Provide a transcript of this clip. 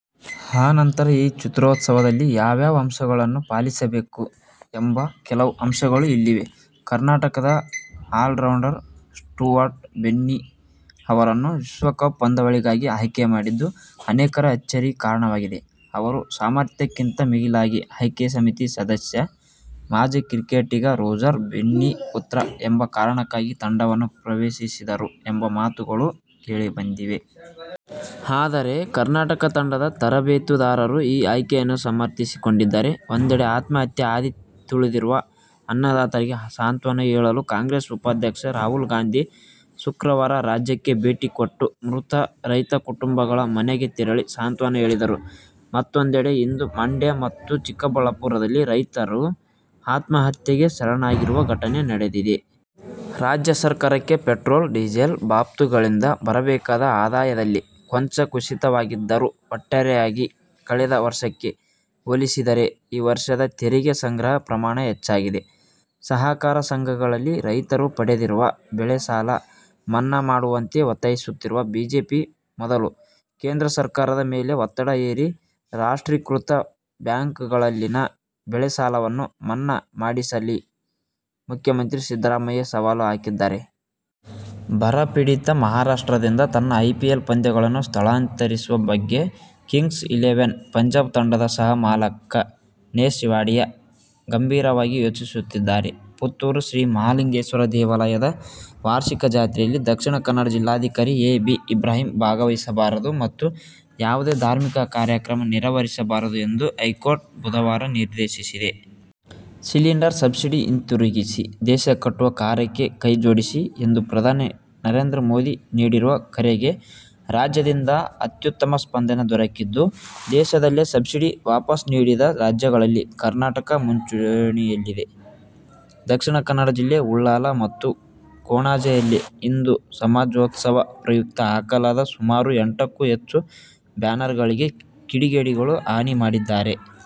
ಆ ನಂತರ ಈ ಚಿತ್ರೋತ್ಸವದಲ್ಲಿ ಯಾವ್ಯಾವ ಅಂಶಗಳನ್ನು ಪಾಲಿಸಬೇಕು ಎಂಬ ಕೆಲವು ಅಂಶಗಳು ಇಲ್ಲಿವೆ. ಕರ್ನಾಟಕದ ಆಲ್ರೌಂಡರ್ ಸ್ಟುವರ್ಟ್ ಬಿನ್ನಿ ಅವರನ್ನು ವಿಶ್ವಕಪ್ ಪಂದ್ಯಾವಳಿಗಾಗಿ ಆಯ್ಕೆ ಮಾಡಿದ್ದು ಅನೇಕರ ಅಚ್ಚರಿಗೆ ಕಾರಣವಾಗಿದೆ. ಅವರು ಸಾಮರ್ಥ್ಯಕ್ಕಿಂತ ಮಿಗಿಲಾಗಿ ಆಯ್ಕೆ ಸಮಿತಿ ಸದಸ್ಯ, ಮಾಜಿ ಕ್ರಿಕೆಟಿಗ ರೋಜರ್ ಬಿನ್ನಿ ಪುತ್ರ ಎಂಬ ಕಾರಣಕ್ಕಾಗಿ ತಂಡವನ್ನು ಪ್ರವೇಶಿಸಿದರು ಎಂಬ ಮಾತುಗಳೂ ಕೇಳಿಬಂದಿವೆ. ಆದರೆ ಕರ್ನಾಟಕ ತಂಡದ ತರಬೇತುದಾರರು ಈ ಆಯ್ಕೆಯನ್ನು ಸಮರ್ಥಿಸಿಕೊಂಡಿದ್ದಾರೆ. ಒಂದೆಡೆ ಆತ್ಮಹತ್ಯೆ ಹಾದಿ ತುಳಿದಿರುವ ಅನ್ನದಾತರಿಗೆ ಸಾಂತ್ವನ ಹೇಳಲು ಕಾಂಗ್ರೆಸ್ ಉಪಾಧ್ಯಕ್ಷ ರಾಹುಲ್ ಗಾಂಧಿ ಶುಕ್ರವಾರ ರಾಜ್ಯಕ್ಕೆ ಭೇಟಿ ಕೊಟ್ಟು ಮೃತ ರೈತ ಕುಟುಂಬಗಳ ಮನೆಗೆ ತೆರಳಿ ಸಾಂತ್ವನ ಹೇಳಿದರು. ಮತ್ತೊಂದೆಡೆ ಇಂದು ಮಂಡ್ಯ ಮತ್ತು ಚಿಕ್ಕಬಳ್ಳಾಪುರದಲ್ಲಿ ರೈತರು ಆತ್ಮಹತ್ಯೆಗೆ ಶರಣಾಗಿರುವ ಘಟನೆ ನಡೆದಿದೆ. ರಾಜ್ಯ ಸರ್ಕಾರಕ್ಕೆ ಪೆಟ್ರೋಲ್, ಡೀಸೆಲ್ ಬಾಬ್ತುಗಳಿಂದ ಬರಬೇಕಾದ ಆದಾಯದಲ್ಲಿ ಕೊಂಚ ಕುಸಿತವಾಗಿದ್ದರೂ ಒಟ್ಟಾರೆಯಾಗಿ ಕಳೆದ ವರ್ಷಕ್ಕೆ ಹೋಲಿಸಿದರೆ ಈ ವರ್ಷದ ತೆರಿಗೆ ಸಂಗ್ರಹ ಪ್ರಮಾಣ ಹೆಚ್ಚಾಗಿದೆ. ಸಹಕಾರ ಸಂಘಗಳಲ್ಲಿ ರೈತರು ಪಡೆದಿರುವ ಬೆಳೆ ಸಾಲ ಮನ್ನಾ ಮಾಡುವಂತೆ ಒತ್ತಾಯಿಸುತ್ತಿರುವ ಬಿಜೆಪಿ ಮೊದಲು ಕೇಂದ್ರ ಸರ್ಕಾರದ ಮೇಲೆ ಒತ್ತಡ ಹೇರಿ ರಾಷ್ಟ್ರೀಕೃತ ಬ್ಯಾಂಕ್ಗಳಲ್ಲಿನ ಬೆಳೆ ಸಾಲವನ್ನು ಮನ್ನಾ ಮಾಡಿಸಲಿ ಮುಖ್ಯಮಂತ್ರಿ ಸಿದ್ದರಾಮಯ್ಯ ಸವಾಲು ಹಾಕಿದ್ದಾರೆ. ಬರಪೀಡಿತ ಮಹಾರಾಷ್ಟ್ರದಿಂದ ತನ್ನ ಐಪಿಎಲ್ ಪಂದ್ಯಗಳನ್ನು ಸ್ಥಳಾಂತರಿಸುವ ಬಗ್ಗೆ ಕಿಂಗ್ಸ್ ಇಲೆವೆನ್ ಪಂಜಾಬ್ ತಂಡದ ಸಹ ಮಾಲಕ ನೆಸ್ ವಾಡಿಯಾ ಗಂಭೀರವಾಗಿ ಯೋಚಿಸುತ್ತಿದ್ದಾರೆ. ಪುತ್ತೂರು ಶ್ರೀ ಮಹಾಲಿಂಗೇಶ್ವರ ದೇವಾಲಯದ ವಾರ್ಷಿಕ ಜಾತ್ರೆಯಲ್ಲಿ ದಕ್ಷಿಣ ಕನ್ನಡ ಜಿಲ್ಲಾಧಿಕಾರಿ ಎ. ಬಿ. ಇಬ್ರಾಹಿಂ ಭಾಗವಹಿಸಬಾರದು ಮತ್ತು ಯಾವುದೇ ಧಾರ್ಮಿಕ ಕಾರ್ಯಕ್ರಮ ನೆರವೇರಿಸಬಾರದು ಎಂದು ಹೈಕೋರ್ಟ್ ಬುಧವಾರ ನಿರ್ದೇಶಿಸಿದೆ. "ಸಿಲಿಂಡರ್ ಸಬ್ಸಿಡಿ ಹಿಂತಿರುಗಿಸಿ, ದೇಶ ಕಟ್ಟುವ ಕಾರ್ಯಕ್ಕೆ ಕೈಜೋಡಿಸಿ' ಎಂದು ಪ್ರಧಾನಿ ನರೇಂದ್ರ ಮೋದಿ ನೀಡಿರುವ ಕರೆಗೆ ರಾಜ್ಯದಿಂದ ಅತ್ಯುತ್ತಮ ಸ್ಪಂದನೆ ದೊರಕಿದ್ದು, ದೇಶದಲ್ಲೇ ಸಬ್ಸಿಡಿ ವಾಪಸ್ ನೀಡಿದ ರಾಜ್ಯಗಳಲ್ಲಿ ಕರ್ನಾಟಕ ಮುಂಚೂಣಿಯಲ್ಲಿದೆ. ದಕ್ಷಿಣ ಕನ್ನಡ ಜಿಲ್ಲೆ ಉಳ್ಳಾಲ ಮತ್ತು ಕೊಣಾಜೆಯಲ್ಲಿ ಹಿಂದೂ ಸಮಾಜೋತ್ಸವ ಪ್ರಯುಕ್ತ ಹಾಕಲಾದ ಸುಮಾರು ಎಂಟಕ್ಕೂ ಹೆಚ್ಚು ಬ್ಯಾನರ್ಗಳಿಗೆ ಕಿಡಿಗೇಡಿಗಳು ಹಾನಿ ಮಾಡಿದ್ದಾರೆ.